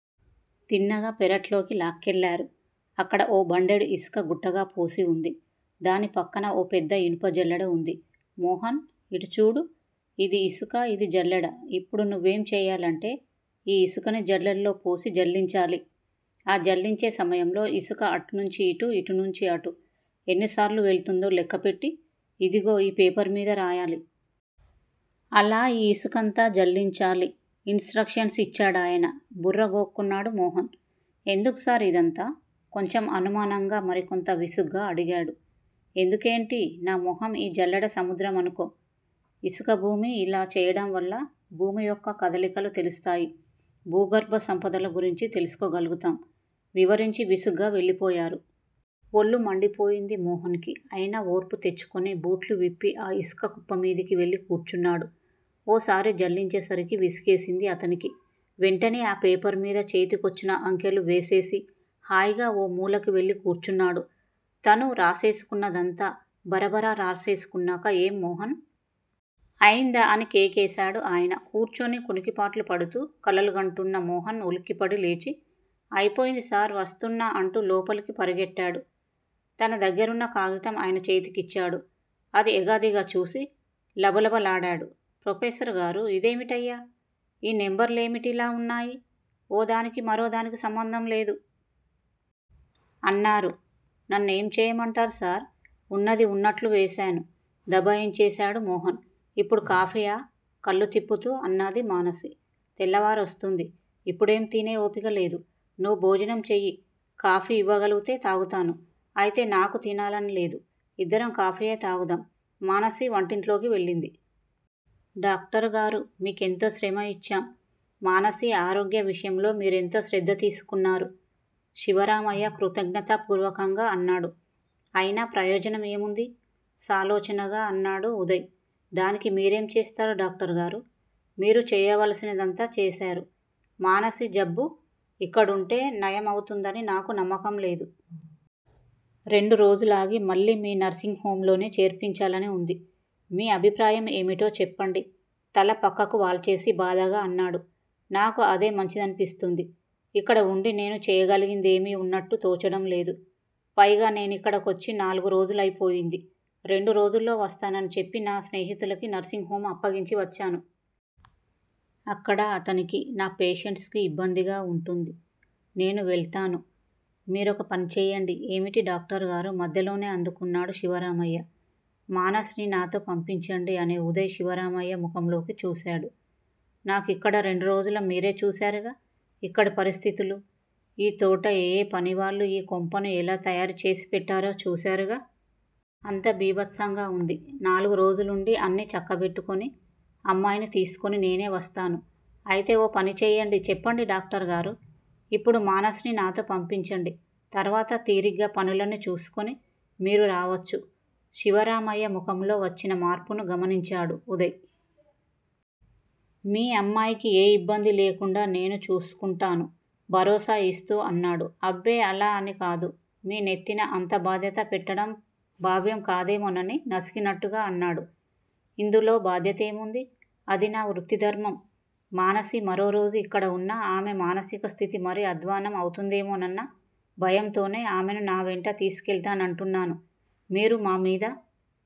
తిన్నగా పెరట్లోకి లాక్కెళ్ళారు. అక్కడ ఓ బండెడు ఇసుక గుట్టగాపోసి వుంది. దాని పక్కన ఓ పెద్ద ఇనుప జల్లెడ వుంది. మోహన్! ఇటుచూడు. యిది ఇసుక. ఇది జల్లెడ యిప్పుడు నువ్వేం చెయ్యాలంటే ఈ ఇసుకని జల్లెడలో పోసి జల్లించాలి. ఆ జల్లించే సమయంలో ఇసుక అటు నుంచి ఇటు, ఇటునుంచి అటు ఎన్నిసార్లు వెళుతుందో లెక్కపెట్టి యిదుగో ఈ పేపరుమీద రాయాలి. అలా ఈ ఇసుకంతా జల్లించాలి! ఇన్ స్ట్రక్షన్స్ యిచ్చాడాయన. బుర్రగోక్కున్నాడు మోహన్. ఎందుకుసార్ యిదంతా? కొంచెం అనుమానంగా, మరికొంత విసుగ్గా అడిగాడు. ఎందుకేంటి నామొహం ఈ జల్లెడ సముద్రమనుకో, యిసుకభూమి, యిలా చెయ్యడంవల్ల భూమి యొక్క కదలికలు తెలుస్తాయి. భూగర్భ సంపదలు గురించి తెలుసుకోగలుగుతాం! వివరించి విసుగ్గా వెళ్ళిపోయారు. ఒళ్ళు మండిపోయింది మోహన్ కి. అయినా ఓర్పు తెచ్చుకుని బూట్లువిప్పి ఆ ఇసుక కుప్పమీదకి వెళ్ళి కూర్చున్నాడు. ఓసారి జల్లించేసరికి విసుగేసింది అతనికి. వెంటనే ఆ పేపరుమీద చేతికొచ్చిన అంకెలు వేసేసి హాయిగా ఓ మూలకి వెళ్ళికూర్చున్నాడు. తను రాసేసుకున్నదంతా బరబరా రాసేసుకున్నాక ఏం మోహన్! అయిందా అని కేకేశాడు ఆయన. కూర్చుని కునికిపాట్లుపడుతూ కలలుగంటున్న మోహన్ ఉలిక్కిపడి లేచి అయిపోయింది సార్ వస్తున్నా! అంటూ లోపలికి పరిగెట్టాడు. తన దగ్గరున్న కాగితం ఆయన చేతికిచ్చాడు. అది ఎగాదిగాచూసి లబలబలాడాడు ప్రొఫెసర్ గారు ఇదేమిటయ్యా! ఈ నెంబరులేమిటిలా వున్నాయి. ఓ దానికి మరో దానికి సంబంధంలేదు? అన్నారు. నన్ను ఏం చెయ్యమంటారుసార్! వున్నది వున్నట్లు వేశాను. దబాయించేశాడు మోహన్. ఇప్పుడు కాఫీయా? కళ్ళు తిప్పుతూ అన్నాది మానసి. తెల్లవారొస్తూంది. ఇప్పుడేమీ తినే ఓపిక లేదు. నువ్వు భోజనం చెయ్యి. కాఫీ ఇవ్వగలిగితే తాగుతాను. అయితే నాకూ తినాలనిలేదు. ఇద్దరం కాఫీయే తాగుదాం. మానసి వంటింట్లోకి వెళ్ళింది. డాక్టర్ గారూ! మీకెంతో శ్రమ ఇచ్చ్చాం. మానసి ఆరోగ్య విషయంలో మీరెంతో శ్రద్ధ తీసుకొన్నారు. శివరామయ్య కృతజ్ఞతా పూర్వకంగా అన్నాడు. అయినా ప్రయోజనం ఏముందీ? సాలోచనగా అన్నాడు ఉదయ్. దానికి మీరేం చేస్తారు డాక్టర్ గారూ. మీరు చెయ్యవలసినదంతా చేశారు. మానసి జబ్బు ఇక్కడుంటే నయం అవుతుందని నాకు నమ్మకంలేదు. రెండురోజులాగి మళ్ళీ మీ నర్సింగ్ హొంలోనే చేర్పించాలని వుంది. మీ అభిప్రాయం ఏమిటో చెప్పండి తల పక్కకు వాల్చేసి బాధగా అన్నాడు. నాకూ అదే మంచిదనిపిస్తోంది. ఇక్కడ వుండి నేను చేయగలిగిందేమీవున్నట్టు తోచడంలేదు. పైగానేనిక్కడకొచ్చి నాలుగురోజులైపోయింది. రెండు రోజుల్లో వస్తానని చెప్పి నా స్నేహితులకి నర్సింగ్ హొం అప్పగించి వచ్చాను. అక్కడ అతనికీ, నా పేషెంట్సుకూ ఇబ్బందిగా వుంటుంది. నేను వెళ్తాను. మీరొక పని చెయ్యండి ఏమిటి డాక్టర్ గారూ! మధ్యలోనే అందుకున్నాడు శివరామయ్య. మానసిని నాతో పంపించండి అని ఉదయ్ శివరామయ్య ముఖంలోకి చూశాడు. నాకిక్కడ రెండురోజుల మీరే చూశారుగా ఇక్కడి పరిస్థితులు? ఈ తోటా ఏఎ పనివాళ్ళూ ఈ కొంపను ఎలా తయారు చేసి పెట్టారో చూశారుగా. అంతా భీభత్సంగా ఉంది! నాలుగురోజులుండి, అన్నీ చక్కబెట్టుకొని, అమ్మాయిని తీసుకొని నేనే వస్తాను. అయితే ఓ పని చెయ్యండి చెప్పండి డాక్టర్ గారూ! ఇప్పుడు మానసిని నాతో పంపించండి తర్వాత తీరిగ్గా పనులన్నీ చూసుకొని మీరు రావచ్చు. శివరామయ్య ముఖంలో వచ్చిన మార్పును గమనించాడు ఉదయ్. మీ అమ్మాయికి ఏ ఇబ్బందీ లేకుండా నేను చూసుకుంటాను భరోసా ఇస్తూ అన్నాడు. అబ్బే అలా అనికాదు. మీ నెత్తిన అంత బాధ్యత పెట్టడం భావ్యం కాదేమోనని నసిగినట్టుగా అన్నాడు. ఇందులో భాధ్యతేముంది అది నా వృత్తిధర్మం. మానసి మరో రోజు ఇక్కడ వున్నా ఆమె మానసిక స్థితి మరీ అధ్వాన్నం అవుతుందేమోనన్న భయంతోనే ఆమెను నావెంట తీసుకెళ్తానంటున్నాను. మీరు మామీద